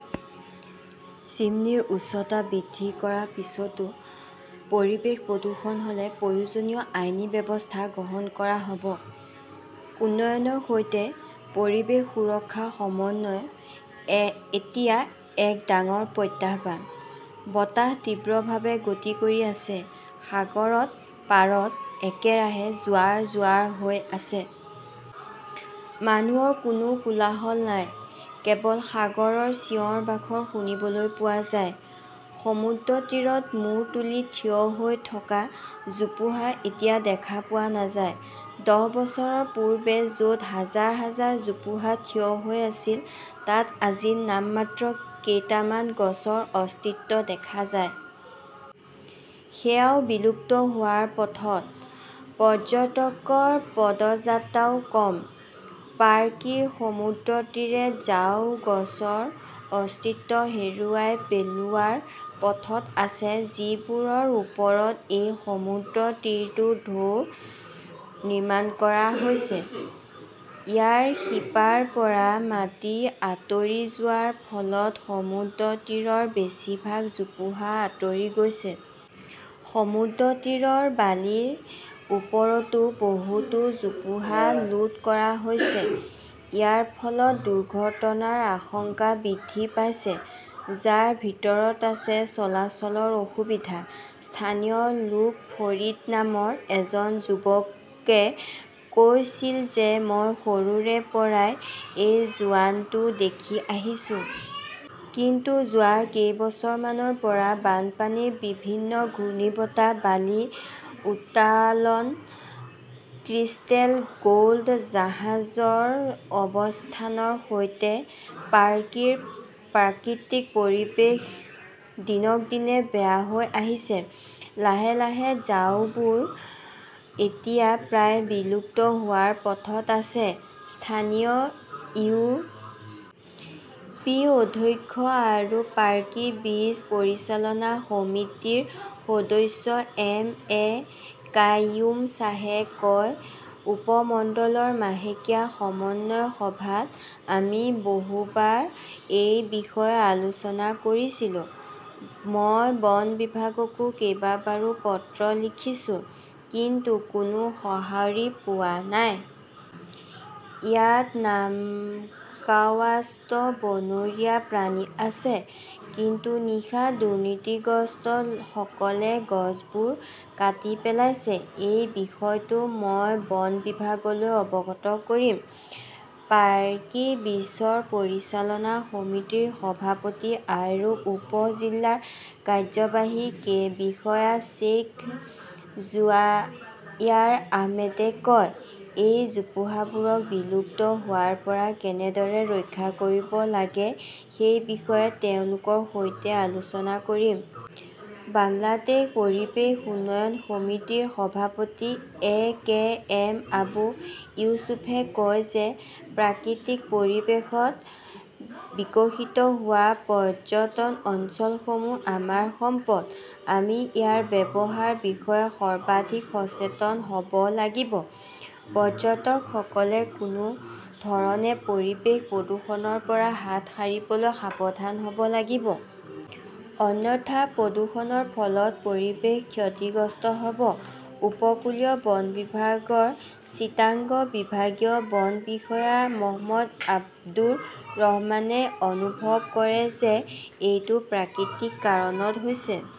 চিমনীৰ উচ্চতা বৃদ্ধি কৰাৰ পিছতো পৰিৱেশ প্ৰদূষণ হ'লে, প্ৰয়োজনীয় আইনী ব্যৱস্থা গ্ৰহণ কৰা হ'ব। উন্নয়নৰ সৈতে পৰিৱেশ সুৰক্ষাৰ সমন্বয় এতিয়া এক ডাঙৰ প্ৰত্যাহ্বান। বতাহ তীব্ৰভাৱে গতি কৰি আছে, সাগৰত পাৰত একেৰাহে জোৱাৰ-জোৱাৰ হৈ আছে। মানুহৰ কোনো কোলাহল নাই। কেৱল সাগৰৰ চিঞৰ-বাখৰ শুনিবলৈ পোৱা যায়। সমুদ্ৰতীৰত মূৰ তুলি থিয় হৈ থকা জোপোহা এতিয়া দেখা পোৱা নাযায়। দহ বছৰ পূৰ্বে য'ত হাজাৰ হাজাৰ জোপোহা থিয় হৈ আছিল তাত আজি নামমাত্ৰ কেইটামান গছৰ অস্তিত্ব দেখা যায়। সেয়াও বিলুপ্ত হোৱাৰ পথত। পৰ্যটকৰ পদযাত্ৰাও কম। পাৰ্কি সমুদ্ৰতীৰে ঝাও গছৰ অস্তিত্ব হেৰুৱাই পেলোৱাৰ পথত আছে যিবোৰৰ ওপৰত এই সমুদ্ৰতীৰটো নিৰ্মাণ কৰা হৈছে। ইয়াৰ শিপাৰ পৰা মাটি আঁতৰি যোৱাৰ ফলত সমুদ্ৰতীৰৰ বেছিভাগ জোপোহা আঁতৰি গৈছে। সমুদ্ৰতীৰৰ বালিৰ ওপৰত বহুতো জোপোহা লুট কৰা হৈছে। ইয়াৰ ফলত দুৰ্ঘটনাৰ আশংকা বৃদ্ধি পাইছে, যাৰ ভিতৰত আছে চলাচলৰ অসুবিধা। স্থানীয় লোক ফৰিদ নামৰ এজন যুৱকে কৈছিল যে মই সৰুৰে পৰাই এই জোৱানটো দেখি আহিছো। কিন্তু যোৱা কেইবছৰমানৰ পৰা বানপানী, বিভিন্ন ঘূৰ্ণীবতাহ, বালি উত্তোলন, ক্ৰিষ্টেল গোল্ড জাহাজৰ অৱস্থানৰ সৈতে পাৰ্কিৰ প্ৰাকৃতিক পৰিৱেশ দিনক দিনে বেয়া হৈ আহিছে। লাহে লাহে ঝাউবোৰ এতিয়া প্ৰায় বিলুপ্ত হোৱাৰ পথত আছে। স্থানীয় ইউ. পি. অধ্যক্ষ আৰু পাৰ্কি বিচ পৰিচালনা সমিতিৰ সদস্য এম. এ. কাইয়ুম শ্বাহে কয়, উপমণ্ডলৰ মাহেকীয়া সমন্বয় সভাত আমি বহুবাৰ এই বিষয়ে আলোচনা কৰিছিলো। মই বন বিভাগকো কেইবাবাৰো পত্ৰ লিখিছোঁ, কিন্তু কোনো সঁহাৰি পোৱা নাই। ইয়াত নামকাৱাস্তত বনৰীয়া প্ৰাণী আছে। কিন্তু নিশা দুৰ্নীতিগ্ৰস্তসকলে গছবোৰ কাটি পেলাইছিল। এই বিষয়টো মই বন বিভাগলৈ অৱগত কৰিম, পাৰ্কি বিচৰ পৰিচালনা সমিতিৰ সভাপতি আৰু উপ-জিলাৰ কাৰ্যবাহী বিষয়া শ্বেইখ জোবায়াৰ আহমেদে কয়। এই জোপোহাবোৰক বিলুপ্ত হোৱাৰ পৰা কেনেদৰে ৰক্ষা কৰিব লাগে সেই বিষয়ে তেওঁলোকৰ সৈতে আলোচনা কৰিম। বাংলাদেশ পৰিৱেশ উন্নয়ন সমিতিৰ সভাপতি এ. কে. এম. আবু ইউছুফে কয় যে প্ৰাকৃতিক পৰিৱেশত বিকশিত হোৱা পৰ্যটন অঞ্চলসমূহ আমাৰ সম্পদ। আমি ইয়াৰ ব্যৱহাৰৰ বিষয়ে সৰ্বাধিক সচেতন হ 'ব লাগিব। পৰ্যটকসকলে কোনো ধৰণে পৰিৱেশ প্ৰদূষণৰ পৰা হাত সাৰিবলৈ সাৱধান হ'ব লাগিব। অন্যথা প্ৰদূষণৰ ফলত পৰিৱেশ ক্ষতিগ্ৰস্ত হ'ব। উপকূলীয় বন বিভাগৰ চিটাগং বিভাগীয় বন বিষয়া মহম্মদ আবদুৰ ৰহমানে অনুভৱ কৰে যে, এইটো প্ৰাকৃতিক কাৰণত হৈছে।